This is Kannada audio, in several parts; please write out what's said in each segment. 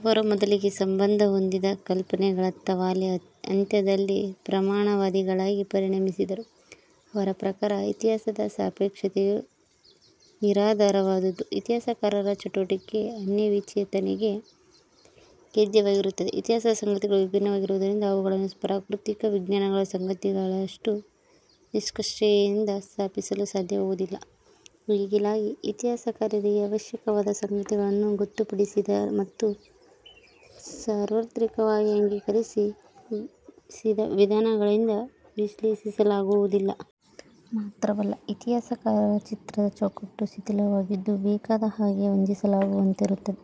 ಅವರು ಮೊದಲಿಗೆ ಸಂಬಂಧ ಹೊಂದಿದ ಕಲ್ಪನೆಗಳತ್ತ ವಾಲಿ ಅಂತ್ಯದಲ್ಲಿ ಸಪ್ರಮಾಣವಾದಿಗಳಾಗಿ ಪರಿಣಮಿಸಿದರು. ಅವರ ಪ್ರಕಾರ, ಇತಿಹಾಸದ ಸಾಪೇಕ್ಷತೆಯು ನಿರಾಧಾರವಾದುದು. ಇತಿಹಾಸಕಾರರ ಚಟುವಟಿಕೆ ಅನ್ಯವಿವೇಚನೆಗೆ ಖೇದ್ಯವಾಗಿರುತ್ತದೆ. ಇತಿಹಾಸದ ಸಂಗತಿಗಳು ವಿಭಿನ್ನವಾಗಿರುವುದರಿಂದ ಅವುಗಳನ್ನು ಪ್ರಾಕೃತಿಕ ವಿಜ್ಞಾನಗಳ ಸಂಗತಿಗಳಷ್ಟು ನಿಷ್ಕಷೇಯಿಂದ ಸ್ಥಾಪಿಸಲು ಸಾಧ್ಯವಾಗುವುದಿಲ್ಲ. ಮಿಗಿಲಾಗಿ, ಇತಿಹಾಸಕಾರರಿಗೆ ಅವಶ್ಯಕವಾದ ಸಂಗತಿಗಳನ್ನು ಗೊತ್ತುಪಡಿಸಿದ ಮತ್ತು ಸಾರ್ವತ್ರಿಕವಾಗಿ ಅಂಗೀಕರಿಸಿದ ವಿಧಾನಗಳಿಂದ ವಿಶ್ಲೇಷಿಸಲಾಗುವುದಿಲ್ಲ. ಮಾತ್ರವಲ್ಲ, ಇತಿಹಾಸಕಾರರ ಚಿತ್ರದ ಚೌಕಟ್ಟು ಶಿಥಿಲವಾಗಿದ್ದು ಬೇಕಾದ ಹಾಗೆ ಹೊಂದಿಸಲಾಗುವಂತಿರುತ್ತದೆ.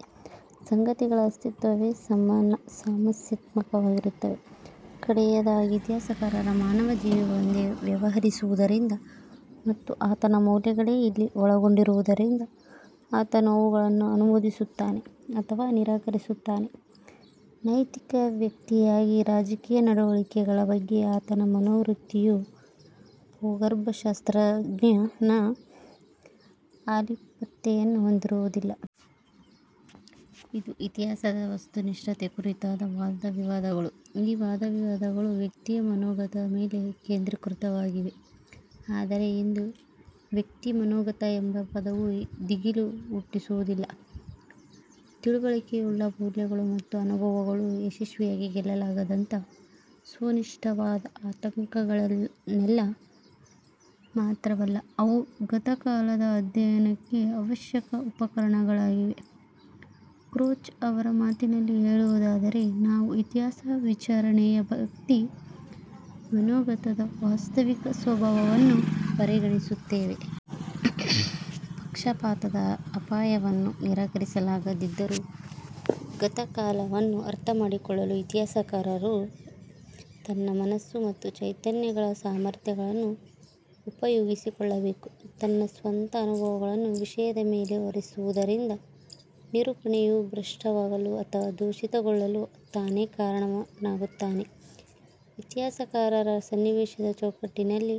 ಸಂಗತಿಗಳ ಅಸ್ತಿತ್ವವೇ ಸಮಸ್ಯಾತ್ಮಕವಾಗಿರುತ್ತವೆ. ಕಡೆಯದಾಗಿ, ಇತಿಹಾಸಕಾರ ಮಾನವ ಜೀವಿಗಳೊಂದಿಗೆ ವ್ಯವಹರಿಸುವುದರಿಂದ ಮತ್ತು ಆತನ ಮೌಲ್ಯಗಳೇ ಇಲ್ಲಿ ಒಳಗೊಂಡಿರುವುದರಿಂದ, ಆತನು ಅವುಗಳನ್ನು ಅನುಮೋದಿಸುತ್ತಾನೆ ಅಥವಾ ನಿರಾಕರಿಸುತ್ತಾನೆ. ನೈತಿಕ ವ್ಯಕ್ತಿಯಾಗಿ ರಾಜಕೀಯ ನಡವಳಿಕೆಗಳ ಬಗ್ಗೆ ಆತನ ಮನೋವೃತ್ತಿಯು ಭೂಗರ್ಭಶಾಸ್ತ್ರಜ್ಞನ ಆಲಿಪ್ತತೆಯನ್ನು ಹೊಂದಿರುವುದಿಲ್ಲ. ಇದು ಇತಿಹಾಸದ ವಸ್ತುನಿಷ್ಠತೆ ಕುರಿತಾದ ವಾದವಿವಾದಗಳು. ಈ ವಾದವಿವಾದಗಳು ವ್ಯಕ್ತಿಯ ಮನೋಗತದ ಮೇಲೆ ಕೇಂದ್ರೀಕೃತವಾಗಿವೆ. ಆದರೆ ಇಂದು ವ್ಯಕ್ತಿಮನೋಗತ ಎಂಬ ಪದವು ದಿಗಿಲು ಹುಟ್ಟಿಸುವುದಿಲ್ಲ. ತಿಳುವಳಿಕೆಯುಳ್ಳ ಮೌಲ್ಯಗಳು ಮತ್ತು ಅನುಭವಗಳು ಯಶಸ್ವಿಯಾಗಿ ಗೆಲ್ಲಲಾಗದಂತಹ ಸ್ವನಿಷ್ಠವಾದ ಆತಂಕಗಳೇನಲ್ಲ. ಮಾತ್ರವಲ್ಲ ಅವು ಗತಕಾಲದ ಅಧ್ಯಯನಕ್ಕೆ ಅವಶ್ಯಕ ಉಪಕರಣಗಳಾಗಿವೆ. ಕ್ರೋಚ್ ಅವರ ಮಾತಿನಲ್ಲಿ ಹೇಳುವುದಾದರೆ, ನಾವು ಇತಿಹಾಸ ವಿಚಾರಣೆಯ ವ್ಯಕ್ತಿ ಮನೋಗತದ ವಾಸ್ತವಿಕ ಸ್ವಭಾವವನ್ನು ಪರಿಗಣಿಸುತ್ತೇವೆ. ಪಕ್ಷಪಾತದ ಅಪಾಯವನ್ನು ನಿರಾಕರಿಸಲಾಗದಿದ್ದರೂ, ಗತಕಾಲವನ್ನು ಅರ್ಥ ಮಾಡಿಕೊಳ್ಳಲು ಇತಿಹಾಸಕಾರನು ತನ್ನ ಮನಸ್ಸು ಮತ್ತು ಚೈತನ್ಯಗಳ ಸಾಮರ್ಥ್ಯಗಳನ್ನು ಉಪಯೋಗಿಸಿಕೊಳ್ಳಬೇಕು. ತನ್ನ ಸ್ವಂತ ಅನುಭವಗಳನ್ನು ವಿಷಯದ ಮೇಲೆ ಹೊರಿಸುವುದರಿಂದ ನಿರೂಪಣೆಯು ಭ್ರಷ್ಟವಾಗಲು ಅಥವಾ ದೋಷಿತಗೊಳ್ಳಲು ತಾನೇ ಕಾರಣನಾಗುತ್ತಾನೆ. ಇತಿಹಾಸಕಾರರ ಸನ್ನಿವೇಶದ ಚೌಕಟ್ಟಿನಲ್ಲಿ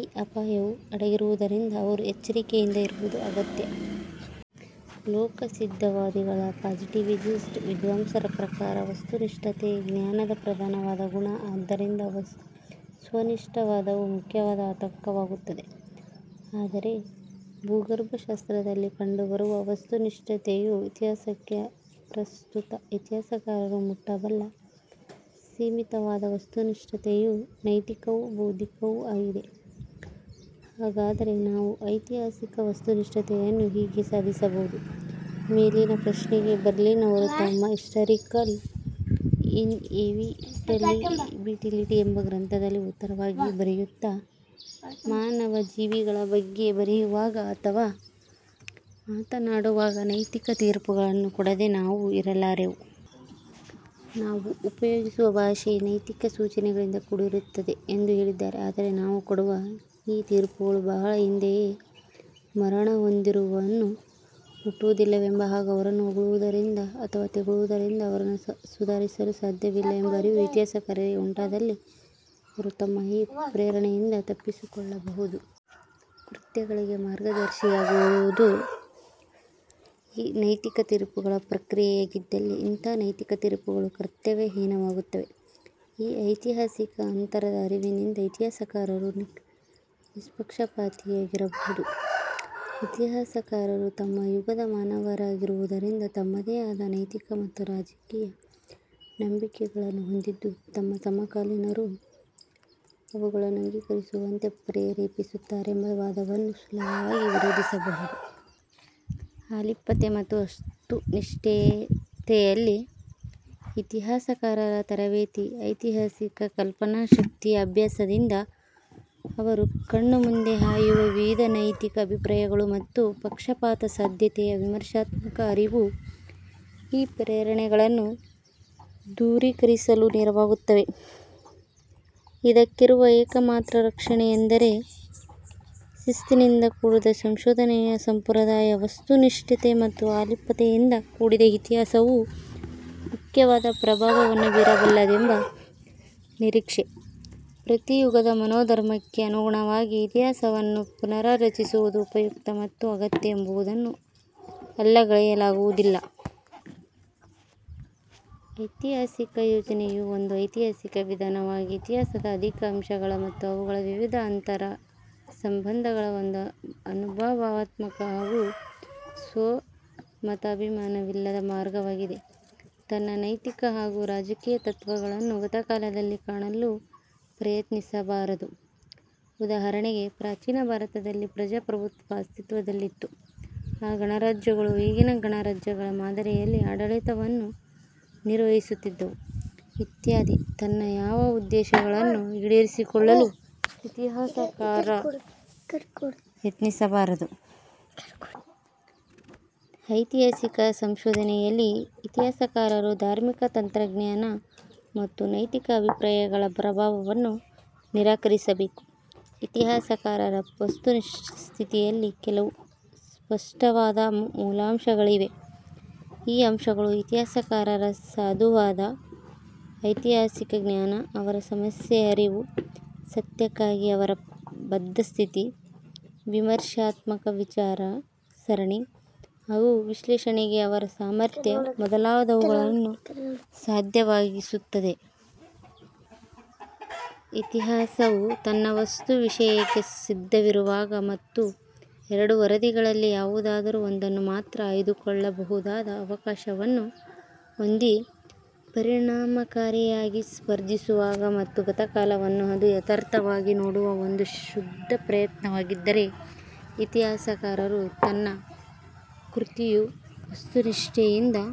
ಈ ಅಪಾಯವು ಅಡಗಿರುವುದರಿಂದ ಅವರು ಎಚ್ಚರಿಕೆಯಿಂದ ಇರುವುದು ಅಗತ್ಯ. ಲೋಕಸಿದ್ಧವಾದಿಗಳ ಪಾಸಿಟಿವಿಸ್ಟ್ ವಿದ್ವಾಂಸರ ಪ್ರಕಾರ, ವಸ್ತುನಿಷ್ಠತೆ ಜ್ಞಾನದ ಪ್ರಧಾನವಾದ ಗುಣ. ಆದ್ದರಿಂದ ಸ್ವನಿಷ್ಠವಾದವು ಮುಖ್ಯವಾದ ಆತಂಕವಾಗುತ್ತದೆ. ಆದರೆ ಭೂಗರ್ಭಶಾಸ್ತ್ರದಲ್ಲಿ ಕಂಡುಬರುವ ವಸ್ತುನಿಷ್ಠತೆಯು ಇತಿಹಾಸಕ್ಕೆ ಅಪ್ರಸ್ತುತ. ಇತಿಹಾಸಕಾರರು ಮುಟ್ಟಬಲ್ಲ ಸೀಮಿತವಾದ ವಸ್ತುನಿಷ್ಠತೆಯು ನೈತಿಕವೂ, ಬೌದ್ಧಿಕವೂ ಆಗಿದೆ. ಹಾಗಾದರೆ, ನಾವು ಐತಿಹಾಸಿಕ ವಸ್ತುನಿಷ್ಠತೆಯನ್ನು ಹೀಗೆ ಸಾಧಿಸಬಹುದು. ಮೇಲಿನ ಪ್ರಶ್ನೆಗೆ ಬರ್ಲಿನ್ ಅವರು ತಮ್ಮ "ಹಿಸ್ಟಾರಿಕಲ್ ಇನ್ಎವಿಟಬಿಲಿಟಿ" ಎಂಬ ಗ್ರಂಥದಲ್ಲಿ ಉತ್ತರವಾಗಿ ಬರೆಯುತ್ತ, ಮಾನವಜೀವಿಗಳ ಬಗ್ಗೆ ಬರೆಯುವಾಗ ಅಥವಾ ಮಾತನಾಡುವಾಗ ನೈತಿಕ ತೀರ್ಪುಗಳನ್ನು ಕೊಡದೆ ನಾವು ಇರಲಾರೆವು. ನಾವು ಉಪಯೋಗಿಸುವ ಭಾಷೆ, ನೈತಿಕ ಸೂಚನೆಗಳಿಂದ ಕೂಡಿರುತ್ತದೆ ಎಂದು ಹೇಳಿದ್ದಾರೆ. ಆದರೆ, ನಾವು ಕೊಡುವ ಈ ತೀರ್ಪುಗಳು ಬಹಳ ಹಿಂದೆಯೇ ಮರಣಹೊಂದಿದವರನ್ನು ಮುಟ್ಟುವುದಿಲ್ಲವೆಂಬ ಹಾಗೂ ಅವರನ್ನು ಹೊಗಳುವುದರಿಂದ ಅಥವಾ ತೆಗಳುವುದರಿಂದ ಅವರನ್ನು ಸುಧಾರಿಸಲು ಸಾಧ್ಯವಿಲ್ಲವೆಂಬ ಅರಿವು ಇತಿಹಾಸಕಾರರಿಗೆ ಉಂಟಾದಲ್ಲಿ ಅವರು ತಮ್ಮ ಈ ಪ್ರೇರಣೆಯಿಂದ ತಪ್ಪಿಸಿಕೊಳ್ಳಬಹುದು. ಕೃತ್ಯಗಳಿಗೆ ಮಾರ್ಗದರ್ಶಿಯಾಗಿರುವುದು ಈ ನೈತಿಕ ತೀರ್ಪುಗಳ ಪ್ರಕ್ರಿಯೆಯಾಗಿದ್ದಲ್ಲಿ ಇಂತಹ ನೈತಿಕ ತೀರ್ಪುಗಳು ಕರ್ತವ್ಯ ಹೀನವಾಗುತ್ತವೆ. ಈ ಐತಿಹಾಸಿಕ ಅಂತರದ ಅರಿವಿನಿಂದ ಇತಿಹಾಸಕಾರರು ನಿಷ್ಪಕ್ಷಪಾತಿಯಾಗಿರಬಹುದು. ಇತಿಹಾಸಕಾರರು ತಮ್ಮ ಯುಗದ ಮಾನವರಾಗಿರುವುದರಿಂದ ತಮ್ಮದೇ ಆದ ನೈತಿಕ ಮತ್ತು ರಾಜಕೀಯ ನಂಬಿಕೆಗಳನ್ನು ಹೊಂದಿದ್ದು ತಮ್ಮ ಸಮಕಾಲೀನರು ಅವುಗಳನ್ನು ಅಂಗೀಕರಿಸುವಂತೆ ಪ್ರೇರೇಪಿಸುತ್ತಾರೆಂಬ ವಾದವನ್ನು ಸುಲಭವಾಗಿ ವಿರೋಧಿಸಬಹುದು. ಅಲಿಪ್ತತೆ ಮತ್ತು ವಸ್ತುನಿಷ್ಠತೆಯಲ್ಲಿ ಇತಿಹಾಸಕಾರರ ತರಬೇತಿ, ಐತಿಹಾಸಿಕ ಕಲ್ಪನಾಶಕ್ತಿಯ ಅಭ್ಯಾಸದಿಂದ ಅವರ ಕಣ್ಣುಮುಂದೆ ಹಾಯುವ ವಿವಿಧ ನೈತಿಕ ಅಭಿಪ್ರಾಯಗಳು ಮತ್ತು ಪಕ್ಷಪಾತ ಸಾಧ್ಯತೆಯ ವಿಮರ್ಶಾತ್ಮಕ ಅರಿವು ಈ ಪ್ರೇರಣೆಗಳನ್ನು ದೂರೀಕರಿಸಲು ನೆರವಾಗುತ್ತವೆ, ಇದಕ್ಕಿರುವ ಏಕಮಾತ್ರ ರಕ್ಷಣೆ ಎಂದರೆ ಶಿಸ್ತಿನಿಂದ ಕೂಡಿದ ಸಂಶೋಧನೆಯ ಸಂಪ್ರದಾಯ, ವಸ್ತುನಿಷ್ಠತೆ ಮತ್ತು ಅಲಿಪ್ತತೆಯಿಂದ ಕೂಡಿದ ಇತಿಹಾಸವು ಮುಖ್ಯವಾದ ಪ್ರಭಾವವನ್ನು ಬೀರಬಲ್ಲದೆಂಬ ನಿರೀಕ್ಷೆ, ಪ್ರತಿಯುಗದ ಮನೋಧರ್ಮಕ್ಕೆ ಅನುಗುಣವಾಗಿ ಇತಿಹಾಸವನ್ನು ಪುನಾರಚಿಸುವುದು ಉಪಯುಕ್ತ ಮತ್ತು ಅಗತ್ಯ ಎಂಬುದನ್ನು ಅಲ್ಲಗಳೆಯಲಾಗುವುದಿಲ್ಲ. ಐತಿಹಾಸಿಕ ಯೋಜನೆಯು ಒಂದು ಐತಿಹಾಸಿಕ ವಿಧಾನವಾಗಿ ಇತಿಹಾಸದ ಅಧಿಕ ಅಂಶಗಳ ಮತ್ತು ಅವುಗಳ ವಿವಿಧ ಅಂತರ ಸಂಬಂಧಗಳ ಒಂದು ಅನುಭವಾತ್ಮಕ ಹಾಗೂ ಸ್ವಮತಾಭಿಮಾನವಿಲ್ಲದ ಮಾರ್ಗವಾಗಿದೆ. ತನ್ನ ನೈತಿಕ ಹಾಗೂ ರಾಜಕೀಯ ತತ್ವಗಳನ್ನು ಗತಕಾಲದಲ್ಲಿ ಕಾಣಲು ಪ್ರಯತ್ನಿಸಬಾರದು. ಉದಾಹರಣೆಗೆ, ಪ್ರಾಚೀನ ಭಾರತದಲ್ಲಿ ಪ್ರಜಾಪ್ರಭುತ್ವ ಅಸ್ತಿತ್ವದಲ್ಲಿತ್ತು. ಆ ಗಣರಾಜ್ಯಗಳು ಈಗಿನ ಗಣರಾಜ್ಯಗಳ ಮಾದರಿಯಲ್ಲಿ ಆಡಳಿತವನ್ನು ನಿರ್ವಹಿಸುತ್ತಿದ್ದವು, ಇತ್ಯಾದಿ, ತನ್ನ ಯಾವ ಉದ್ದೇಶಗಳನ್ನು ಈಡೇರಿಸಿಕೊಳ್ಳಲು ಇತಿಹಾಸಕಾರ ಯತ್ನಿಸಬಾರದು. ಐತಿಹಾಸಿಕ ಸಂಶೋಧನೆಯಲ್ಲಿ ಇತಿಹಾಸಕಾರರು ಧಾರ್ಮಿಕ, ತತ್ವಜ್ಞಾನ ಮತ್ತು ನೈತಿಕ ಅಭಿಪ್ರಾಯಗಳ ಪ್ರಭಾವವನ್ನು ನಿರಾಕರಿಸಬೇಕು. ಇತಿಹಾಸಕಾರರ ವಸ್ತುಸ್ಥಿತಿಯಲ್ಲಿ ಕೆಲವು ಸ್ಪಷ್ಟವಾದ ಮೂಲಾಂಶಗಳಿವೆ. ಈ ಅಂಶಗಳು ಇತಿಹಾಸಕಾರರ ಸಾಧುವಾದ ಐತಿಹಾಸಿಕ ಜ್ಞಾನ, ಅವರ ಸಮಸ್ಯೆಯ ಅರಿವು, ಸತ್ಯಕ್ಕಾಗಿ ಅವರ ಬದ್ಧ ಸ್ಥಿತಿ, ವಿಮರ್ಶಾತ್ಮಕ ವಿಚಾರ ಸರಣಿ ಹಾಗೂ ವಿಶ್ಲೇಷಣೆಗೆ ಅವರ ಸಾಮರ್ಥ್ಯ ಮೊದಲಾದವುಗಳನ್ನು ಸಾಧ್ಯವಾಗಿಸುತ್ತವೆ. ಇತಿಹಾಸವು ತನ್ನ ವಸ್ತು ವಿಷಯಕ್ಕೆ ಸಿದ್ಧವಿರುವಾಗ ಮತ್ತು ಎರಡು ವರದಿಗಳಲ್ಲಿ ಯಾವುದಾದರೂ ಒಂದನ್ನು ಮಾತ್ರ ಆಯ್ದುಕೊಳ್ಳಬಹುದಾದ ಅವಕಾಶವನ್ನು ಹೊಂದಿ, ಪರಿಣಾಮಕಾರಿಯಾಗಿ ಸ್ಪರ್ಧಿಸುವಾಗ ಮತ್ತು ಗತಕಾಲವನ್ನು ಅದು ಯಥಾರ್ಥವಾಗಿ ನೋಡುವ ಒಂದು ಶುದ್ಧ ಪ್ರಯತ್ನವಾಗಿದ್ದರೆ ಇತಿಹಾಸಕಾರರು ತನ್ನ ಕೃತಿಯು ವಸ್ತುನಿಷ್ಠೆಯಿಂದ